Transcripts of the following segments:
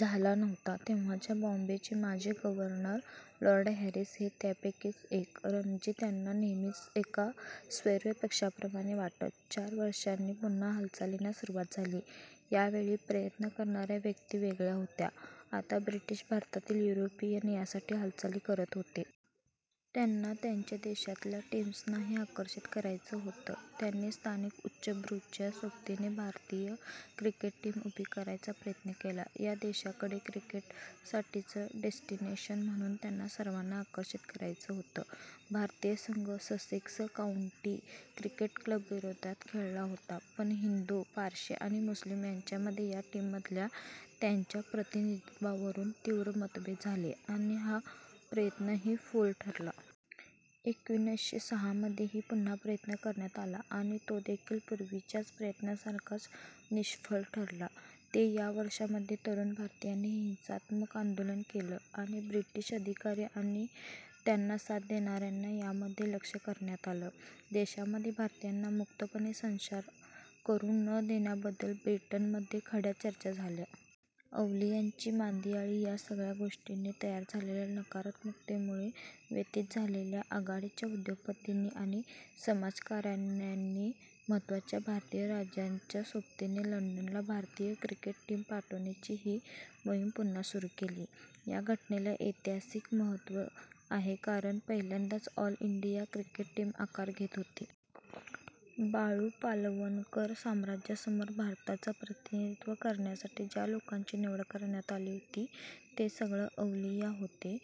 झाला नव्हता. तेव्हाच्या बॉम्बेचे माजी गव्हर्नर लॉर्ड हॅरिस हे त्यापैकीच एक. रणजी त्यांना नेहमीच एका स्वैर पक्ष्याप्रमाणे वाटत. चार वर्षांनी पुन्हा हालचालींना सुरुवात झाली. यावेळी प्रयत्न करणाऱ्या व्यक्ती वेगळ्या होत्या. आता ब्रिटिश भारतातील युरोपियन यासाठी हालचाली करत होते. त्यांना त्यांच्या देशांतल्या टीम्सनाही आकर्षित करायचं होतं. त्यांनी स्थानिक उच्चभ्रूच्या सोबतीने भारतीय क्रिकेट टीम उभी करायचा प्रयत्न केला. या देशाकडे क्रिकेटसाठीचं डेस्टिनेशन म्हणून त्यांना सर्वांना आकर्षित करायचं होतं. भारतीय संघ ससेक्स काऊंटी क्रिकेट क्लबविरोधात खेळला होता पण हिंदू, पारशी आणि मुस्लीम यांच्यामध्ये या टीममधल्या त्यांच्या प्रतिनिधित्वावरून तीव्र मतभेद झाले आणि हा प्रयत्नही फोल ठरला. एकोणीसशे सहामध्येही पुन्हा प्रयत्न करण्यात आला आणि तो देखील पूर्वीच्याच प्रयत्नांसारखाच निष्फळ ठरला. ते या वर्षांमध्ये तरूण भारतीयांनी हिंसात्मक आंदोलनं केलं आणि ब्रिटिश अधिकारी आणि त्यांना साथ देणाऱ्यांना यामध्ये लक्ष करण्यात आलं. देशामध्ये भारतीयांना मुक्तपणे संचार करू न देण्याबद्दल ब्रिटनमध्ये खड्या चर्चा झाल्या. अवलियांची मांदियाळी या सगळ्या गोष्टींनी तयार झालेल्या नकारात्मकतेमुळे व्यथित झालेल्या आघाडीच्या उद्योगपतींनी आणि समाजकारण्यांनी, महत्त्वाच्या भारतीय राजांच्या सोबतीने लंडनला भारतीय क्रिकेट टीम पाठवण्याची ही मोहीम पुन्हा सुरू केली. या घटनेला ऐतिहासिक महत्त्व आहे कारण पहिल्यांदाच ऑल इंडिया क्रिकेट टीम आकार घेत होती. बाळू पालवणकर साम्राज्यासमोर भारताचं प्रतिनिधित्व करण्यासाठी ज्या लोकांची निवड करण्यात आली होती, ते सगळं अवलिया होते.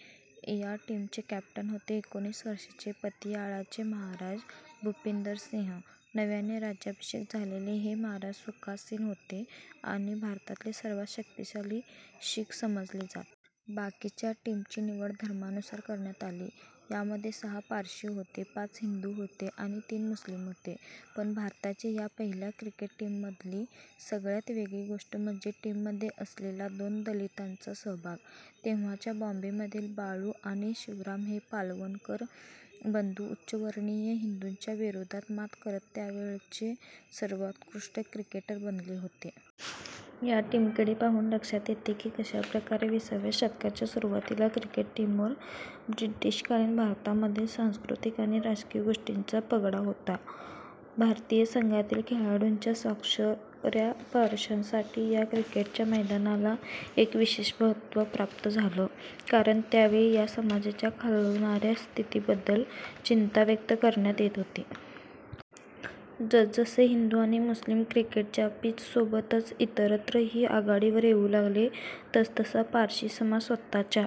या टीमचे कॅप्टन होते एकोणीस वर्षांचे पतियाळाचे महाराज भूपिंदर सिंह. नव्याने राज्याभिषेक झालेले हे महाराज सुखासीन होते आणि भारतातले सर्वांत शक्तीशाली शीख समजले जात. बाकीच्या टीमची निवड धर्मानुसार करण्यात आली. यामध्ये सहा पारशी होते, पाच हिंदू होते आणि तीन मुस्लीम होते. पण भारताच्या या पहिल्या क्रिकेट टीममधली सगळ्यांत वेगळी गोष्ट म्हणजे टीममध्ये असलेला दोन दलितांचा सहभाग. तेव्हाच्या बॉम्बेमधील बाळू आणि शिवराम हे पालवणकर बंधू उच्चवर्णीय हिंदूंच्या विरोधावर मात करत त्यावेळचे सर्वोत्कृष्ट क्रिकेटर बनले होते. या टीमकडे पाहून लक्षात येतं की कशाप्रकारे वीसाव्या शतकाच्या सुरुवातीला क्रिकेट टीमवर ब्रिटिशकालीन भारतामधील सांस्कृतिक आणि राजकीय गोष्टींचा पगडा होता. भारतीय संघातील खेळाडूंच्या स्वाक्षऱ्या पारशांसाठी या क्रिकेटच्या मैदानाला एक विशेष महत्त्व प्राप्त झालं कारण त्यावेळी या समाजाच्या खालवणाऱ्या स्थितीबद्दल चिंता व्यक्त करण्यात येत होती. जसजसे हिंदू आणि मुस्लीम क्रिकेटच्या पिचसोबतच इतरत्रही आघाडीवर येऊ लागले, तसतसा पारशी समाज स्वतःच्या